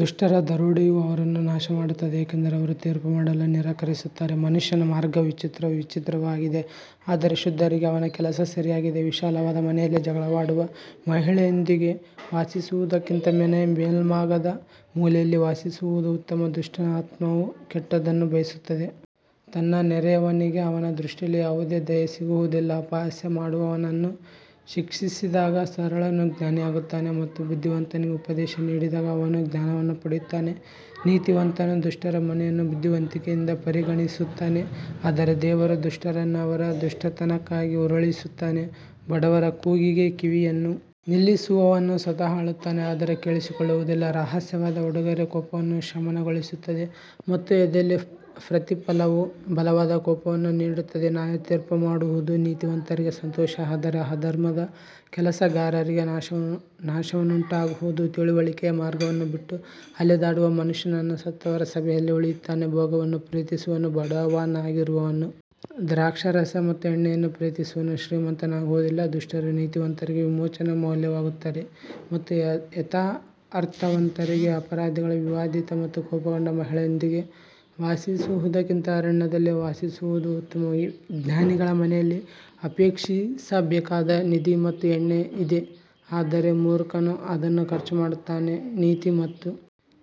ದುಷ್ಟರ ದರೋಡೆಯು ಅವರನ್ನು ನಾಶಮಾಡುತ್ತದೆ ಏಕೆಂದರೆ ಅವರು ತೀರ್ಪು ಮಾಡಲು ನಿರಾಕರಿಸುತ್ತಾರೆ ಮನುಷ್ಯನ ಮಾರ್ಗವು ವಿಚಿತ್ರವೂ ವಿಚಿತ್ರವೂ ಆಗಿದೆ ಆದರೆ ಶುದ್ಧರಿಗೆ ಅವನ ಕೆಲಸ ಸರಿಯಾಗಿದೆ ವಿಶಾಲವಾದ ಮನೆಯಲ್ಲಿ ಜಗಳವಾಡುವ ಮಹಿಳೆಯೊಂದಿಗೆ ವಾಸಿಸುವುದಕ್ಕಿಂತ ಮನೆಯ ಮೇಲ್ಭಾಗದ ಮೂಲೆಯಲ್ಲಿ ವಾಸಿಸುವುದು ಉತ್ತಮ ದುಷ್ಟನ ಆತ್ಮವು ಕೆಟ್ಟದ್ದನ್ನು ಬಯಸುತ್ತದೆ, ತನ್ನ ನೆರೆಯವನಿಗೆ ಅವನ ದೃಷ್ಟಿಯಲ್ಲಿ ಯಾವುದೇ ದಯೆ ಸಿಗುವುದಿಲ್ಲ ಅಪಹಾಸ್ಯ ಮಾಡುವವನನ್ನು ಶಿಕ್ಷಿಸಿದಾಗ ಸರಳನು ಜ್ಞಾನಿಯಾಗುತ್ತಾನೆ ಮತ್ತು ಬುದ್ಧಿವಂತನಿಗೆ ಉಪದೇಶ ನೀಡಿದಾಗ ಅವನು ಜ್ಞಾನವನ್ನು ಪಡೆಯುತ್ತಾನೆ ನೀತಿವಂತನು ದುಷ್ಟರ ಮನೆಯನ್ನು ಬುದ್ಧಿವಂತಿಕೆಯಿಂದ ಪರಿಗಣಿಸುತ್ತಾನೆ ಆದರೆ ದೇವರು ದುಷ್ಟರನ್ನು ಅವರ ದುಷ್ಟತನಕ್ಕಾಗಿ ಉರುಳಿಸುತ್ತಾನೆ ಬಡವರ ಕೂಗಿಗೆ ಕಿವಿಯನ್ನು ನಿಲ್ಲಿಸುವವನು ಸ್ವತಃ ಅಳುತ್ತಾನೆ ಆದರೆ ಕೇಳಿಸಿಕೊಳ್ಳುವುದಿಲ್ಲ ರಹಸ್ಯವಾದ ಉಡುಗೊರೆ ಕೋಪವನ್ನು ಶಮನಗೊಳಿಸುತ್ತದೆ ಮತ್ತು ಎದೆಯಲ್ಲಿ ಪ್ರತಿಫಲವು ಬಲವಾದ ಕೋಪವನ್ನು ನೀಡುತ್ತದೆ ನ್ಯಾಯತೀರ್ಪುಮಾಡುವುದು ನೀತಿವಂತರಿಗೆ ಸಂತೋಷ ಆದರೆ ಅಧರ್ಮದ ಕೆಲಸಗಾರರಿಗೆ ನಾಶನವುಂಟಾಗುವುದು ತಿಳುವಳಿಕೆಯ ಮಾರ್ಗವನ್ನು ಬಿಟ್ಟು ಅಲೆದಾಡುವ ಮನುಷ್ಯನು ಸತ್ತವರ ಸಭೆಯಲ್ಲಿ ಉಳಿಯುತ್ತಾನೆ ಭೋಗವನ್ನು ಪ್ರೀತಿಸುವವನು ಬಡವನಾಗಿರುವನು, ದ್ರಾಕ್ಷಾರಸ ಮತ್ತು ಎಣ್ಣೆಯನ್ನು ಪ್ರೀತಿಸುವವನು ಶ್ರೀಮಂತನಾಗುವುದಿಲ್ಲ ದುಷ್ಟರು ನೀತಿವಂತರಿಗೆ ವಿಮೋಚನಾ ಮೌಲ್ಯವಾಗುತ್ತಾರೆ ಮತ್ತು ಯಥಾರ್ಥವಂತರಿಗೆ ಅಪರಾಧಿಗಳು ವಿವಾದಿತ ಮತ್ತು ಕೋಪಗೊಂಡ ಮಹಿಳೆಯೊಂದಿಗೆ ವಾಸಿಸುವುದಕ್ಕಿಂತ ಅರಣ್ಯದಲ್ಲಿ ವಾಸಿಸುವುದು ಉತ್ತಮ ಜ್ಞಾನಿಗಳ ಮನೆಯಲ್ಲಿ ಅಪೇಕ್ಷಿಸಬೇಕಾದ ನಿಧಿ ಮತ್ತು ಎಣ್ಣೆ ಇದೆ ಆದರೆ ಮೂರ್ಖನು ಅದನ್ನು ಖರ್ಚುಮಾಡುತ್ತಾನೆ ನೀತಿ ಮತ್ತು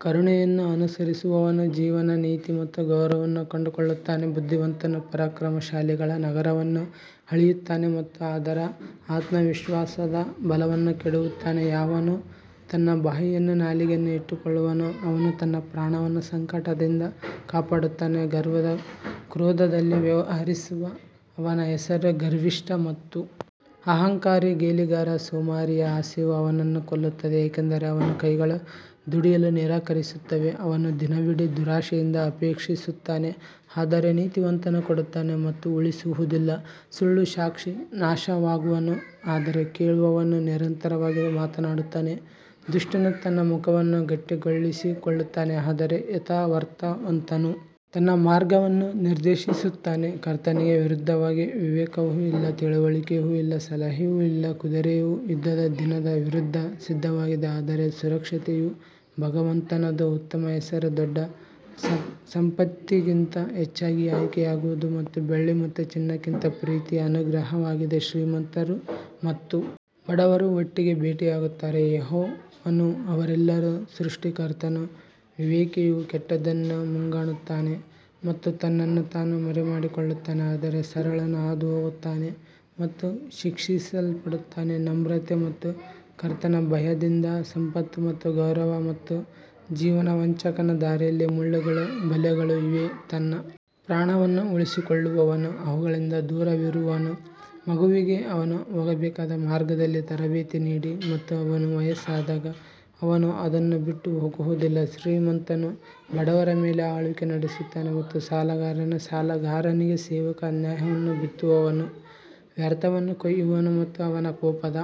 ಕರುಣೆಯನ್ನು ಅನುಸರಿಸುವವನು ಜೀವನ ನೀತಿ ಮತ್ತು ಗೌರವವನ್ನು ಕಂಡುಕೊಳ್ಳುತ್ತಾನೆ ಬುದ್ಧಿವಂತನು ಪರಾಕ್ರಮಶಾಲಿಗಳ ನಗರವನ್ನು ಅಳೆಯುತ್ತಾನೆ ಮತ್ತು ಅದರ ಆತ್ಮವಿಶ್ವಾಸದ ಬಲವನ್ನು ಕೆಡವುತ್ತಾನೆ ಯಾವನು ತನ್ನ ಬಾಯಿಯನ್ನೂ ನಾಲಿಗೆಯನ್ನೂ ಇಟ್ಟುಕೊಳ್ಳುವನೋ ಅವನು ತನ್ನ ಪ್ರಾಣವನ್ನು ಸಂಕಟದಿಂದ ಕಾಪಾಡುತ್ತಾನೆ ಗರ್ವದ ಕ್ರೋಧದಲ್ಲಿ ವ್ಯವಹರಿಸುವ ಅವನ ಹೆಸರು ಗರ್ವಿಷ್ಠ ಮತ್ತು ಅಹಂಕಾರಿ ಗೇಲಿಗಾರ ಸೋಮಾರಿಯ ಆಸೆಯು ಅವನನ್ನು ಕೊಲ್ಲುತ್ತದೆ ಏಕೆಂದರೆ ಅವನ ಕೈಗಳು ದುಡಿಯಲು ನಿರಾಕರಿಸುತ್ತವೆ ಅವನು ದಿನವಿಡೀ ದುರಾಶೆಯಿಂದ ಅಪೇಕ್ಷಿಸುತ್ತಾನೆ ಆದರೆ ನೀತಿವಂತನು ಕೊಡುತ್ತಾನೆ ಮತ್ತು ಉಳಿಸುವುದಿಲ್ಲ ಸುಳ್ಳು ಸಾಕ್ಷಿ ನಾಶವಾಗುವನು ಆದರೆ ಕೇಳುವವನು ನಿರಂತರವಾಗಿ ಮಾತನಾಡುತ್ತಾನೆ ದುಷ್ಟನು ತನ್ನ ಮುಖವನ್ನು ಗಟ್ಟಿಗೊಳಿಸಿಕೊಳ್ಳುತ್ತಾನೆ ಆದರೆ ಯಥಾರ್ಥವಂತನು ತನ್ನ ಮಾರ್ಗವನ್ನು ನಿರ್ದೇಶಿಸುತ್ತಾನೆ ಕರ್ತನಿಗೆ ವಿರುದ್ಧವಾಗಿ ವಿವೇಕವೂ ಇಲ್ಲ, ತಿಳುವಳಿಕೆಯೂ ಇಲ್ಲ, ಸಲಹೆಯೂ ಇಲ್ಲ ಕುದುರೆಯು ಯುದ್ಧದ ದಿನದ ವಿರುದ್ಧ ಸಿದ್ಧವಾಗಿದೆ ಆದರೆ ಸುರಕ್ಷತೆಯು ಭಗವಂತನದು ಉತ್ತಮ ಹೆಸರು ದೊಡ್ಡ ಸಂಪತ್ತಿಗಿಂತ ಹೆಚ್ಚಾಗಿ ಆಯ್ಕೆಯಾಗುವುದು ಮತ್ತು ಬೆಳ್ಳಿ ಮತ್ತು ಚಿನ್ನಕ್ಕಿಂತ ಪ್ರೀತಿಯ ಅನುಗ್ರಹವಾಗಿದೆ ಶ್ರೀಮಂತರು ಮತ್ತು ಬಡವರು ಒಟ್ಟಿಗೆ ಭೇಟಿಯಾಗುತ್ತಾರೆ ಯೆಹೋವನು ಅವರೆಲ್ಲರ ಸೃಷ್ಟಿಕರ್ತನು ವಿವೇಕಿಯು ಕೆಟ್ಟದ್ದನ್ನು ಮುಂಗಾಣುತ್ತಾನೆ ಮತ್ತು ತನ್ನನ್ನು ತಾನು ಮರೆಮಾಡಿಕೊಳ್ಳುತ್ತಾನೆ ಆದರೆ ಸರಳನು ಹಾದುಹೋಗುತ್ತಾನೆ ಮತ್ತು ಶಿಕ್ಷಿಸಲ್ಪಡುತ್ತಾನೆ ನಮ್ರತೆ ಮತ್ತು ಕರ್ತನ ಭಯದಿಂದ ಸಂಪತ್ತು ಮತ್ತು ಗೌರವ ಮತ್ತು ಜೀವನ ವಂಚಕನ ದಾರಿಯಲ್ಲಿ ಮುಳ್ಳುಗಳೂ ಬಲೆಗಳೂ ಇವೆ, ತನ್ನ ಪ್ರಾಣವನ್ನು ಉಳಿಸಿಕೊಳ್ಳುವವನು ಅವುಗಳಿಂದ ದೂರವಿರುವನು ಮಗುವಿಗೆ ಅವನು ಹೋಗಬೇಕಾದ ಮಾರ್ಗದಲ್ಲಿ ತರಬೇತಿ ನೀಡಿ ಮತ್ತು ಅವನು ವಯಸ್ಸಾದಾಗ ಅವನು ಅದನ್ನು ಬಿಟ್ಟು ಹೋಗುವುದಿಲ್ಲ ಶ್ರೀಮಂತನು ಬಡವರ ಮೇಲೆ ಆಳ್ವಿಕೆ ನಡೆಸುತ್ತಾನೆ ಮತ್ತು ಸಾಲಗಾರನು ಸಾಲಗಾರನಿಗೆ ಸೇವಕ ಅನ್ಯಾಯವನ್ನು ಬಿತ್ತುವವನು ವ್ಯರ್ಥವನ್ನು ಕೊಯ್ಯುವನು ಮತ್ತು ಅವನ ಕೋಪದ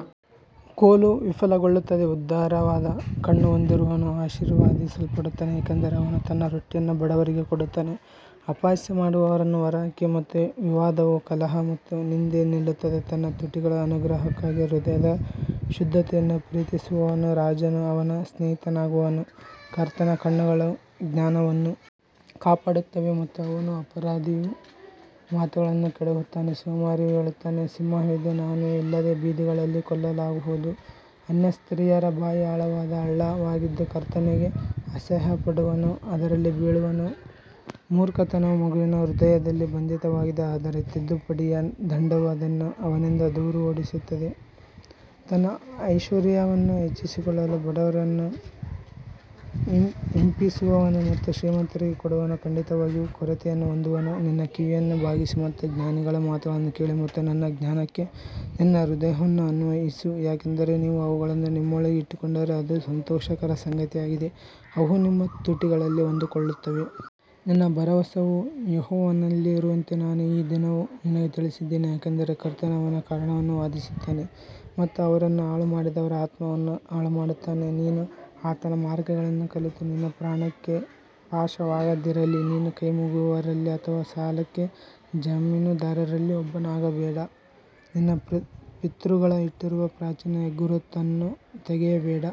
ಕೋಲು ವಿಫಲಗೊಳ್ಳುತ್ತದೆ ಉದಾರವಾದ ಕಣ್ಣು ಹೊಂದಿರುವವನು ಆಶೀರ್ವದಿಸಲ್ಪಡುತ್ತಾನೆ ಏಕೆಂದರೆ ಅವನು ತನ್ನ ರೊಟ್ಟಿಯನ್ನು ಬಡವರಿಗೆ ಕೊಡುತ್ತಾನೆ ಅಪಹಾಸ್ಯ ಮಾಡುವವರನ್ನು ಹೊರಹಾಕಿ ಮತ್ತು ವಿವಾದವು ಕಲಹ ಮತ್ತು ನಿಂದೆ ನಿಲ್ಲುತ್ತದೆ ತನ್ನ ತುಟಿಗಳ ಅನುಗ್ರಹಕ್ಕಾಗಿ ಹೃದಯದ ಶುದ್ಧತೆಯನ್ನು ಪ್ರೀತಿಸುವವನು ರಾಜನು ಅವನ ಸ್ನೇಹಿತನಾಗುವನು ಕರ್ತನ ಕಣ್ಣುಗಳು ಜ್ಞಾನವನ್ನು ಕಾಪಾಡುತ್ತವೆ ಮತ್ತು ಅವನು ಅಪರಾಧಿಯ ಮಾತುಗಳನ್ನು ಕೆಡವುತ್ತಾನೆ ಸೋಮಾರಿಯು ಹೇಳುತ್ತಾನೆ ಸಿಂಹವಿದೆ ನಾನು ಇಲ್ಲದೆ ಬೀದಿಗಳಲ್ಲಿ ಕೊಲ್ಲಲಾಗುವುದು ಅನ್ಯ ಸ್ತ್ರೀಯರ ಬಾಯಿ ಆಳವಾದ ಹಳ್ಳವಾಗಿದ್ದು ಕರ್ತನಿಗೆ ಅಸಹ್ಯಪಡುವವನು ಅದರಲ್ಲಿ ಬೀಳುವನು ಮೂರ್ಖತನವು ಮಗುವಿನ ಹೃದಯದಲ್ಲಿ ಬಂಧಿತವಾಗಿದೆ ಆದರೆ ತಿದ್ದುಪಡಿಯ ದಂಡವು ಅದನ್ನು ಅವನಿಂದ ದೂರ ಓಡಿಸುತ್ತದೆ ತನ್ನ ಐಶ್ವರ್ಯವನ್ನು ಹೆಚ್ಚಿಸಿಕೊಳ್ಳಲು ಬಡವರನ್ನು ಹಿಂಸಿಸುವವನು ಮತ್ತು ಶ್ರೀಮಂತರಿಗೆ ಕೊಡುವವನು ಖಂಡಿತವಾಗಿಯೂ ಕೊರತೆಯನ್ನು ಹೊಂದುವನು ನಿನ್ನ ಕಿವಿಯನ್ನು ಬಾಗಿಸಿ ಮತ್ತು ಜ್ಞಾನಿಗಳ ಮಾತುಗಳನ್ನು ಕೇಳಿ ಮತ್ತು ನನ್ನ ಜ್ಞಾನಕ್ಕೆ ನಿನ್ನ ಹೃದಯವನ್ನು ಅನ್ವಯಿಸು ಯಾಕಂದರೆ ನೀವು ಅವುಗಳನ್ನು ನಿಮ್ಮೊಳಗೆ ಇಟ್ಟುಕೊಂಡರೆ ಅದು ಸಂತೋಷಕರ ಸಂಗತಿಯಾಗಿದೆ, ಅವು ನಿಮ್ಮ ತುಟಿಗಳಲ್ಲಿ ಹೊಂದಿಕೊಳ್ಳುತ್ತವೆ. ನಿನ್ನ ಭರವಸವು ಯೆಹೋವನಲ್ಲಿ ಇರುವಂತೆ ನಾನು ಈ ದಿನವೂ ನಿನಗೆ ತಿಳಿಸಿದ್ದೇನೆ ಯಾಕಂದರೆ ಕರ್ತನು ಅವರ ಕಾರಣವನ್ನು ವಾದಿಸುತ್ತಾನೆ ಮತ್ತು ಅವರನ್ನು ಹಾಳು ಮಾಡಿದವರ ಆತ್ಮವನ್ನು ಹಾಳುಮಾಡುತ್ತಾನೆ ನೀನು ಆತನ ಮಾರ್ಗಗಳನ್ನು ಕಲಿತು ನಿನ್ನ ಪ್ರಾಣಕ್ಕೆ ಪಾಶವಾಗದಿರಲಿ ನೀನು ಕೈಮುಗಿಯುವವರಲ್ಲಿ ಅಥವಾ ಸಾಲಕ್ಕೆ ಜಾಮೀನುದಾರರಲ್ಲಿ ಒಬ್ಬನಾಗಬೇಡ ನಿನ್ನ ಪಿತೃಗಳು ಇಟ್ಟಿರುವ ಪ್ರಾಚೀನ ಹೆಗ್ಗುರುತನ್ನು ತೆಗೆಯಬೇಡ.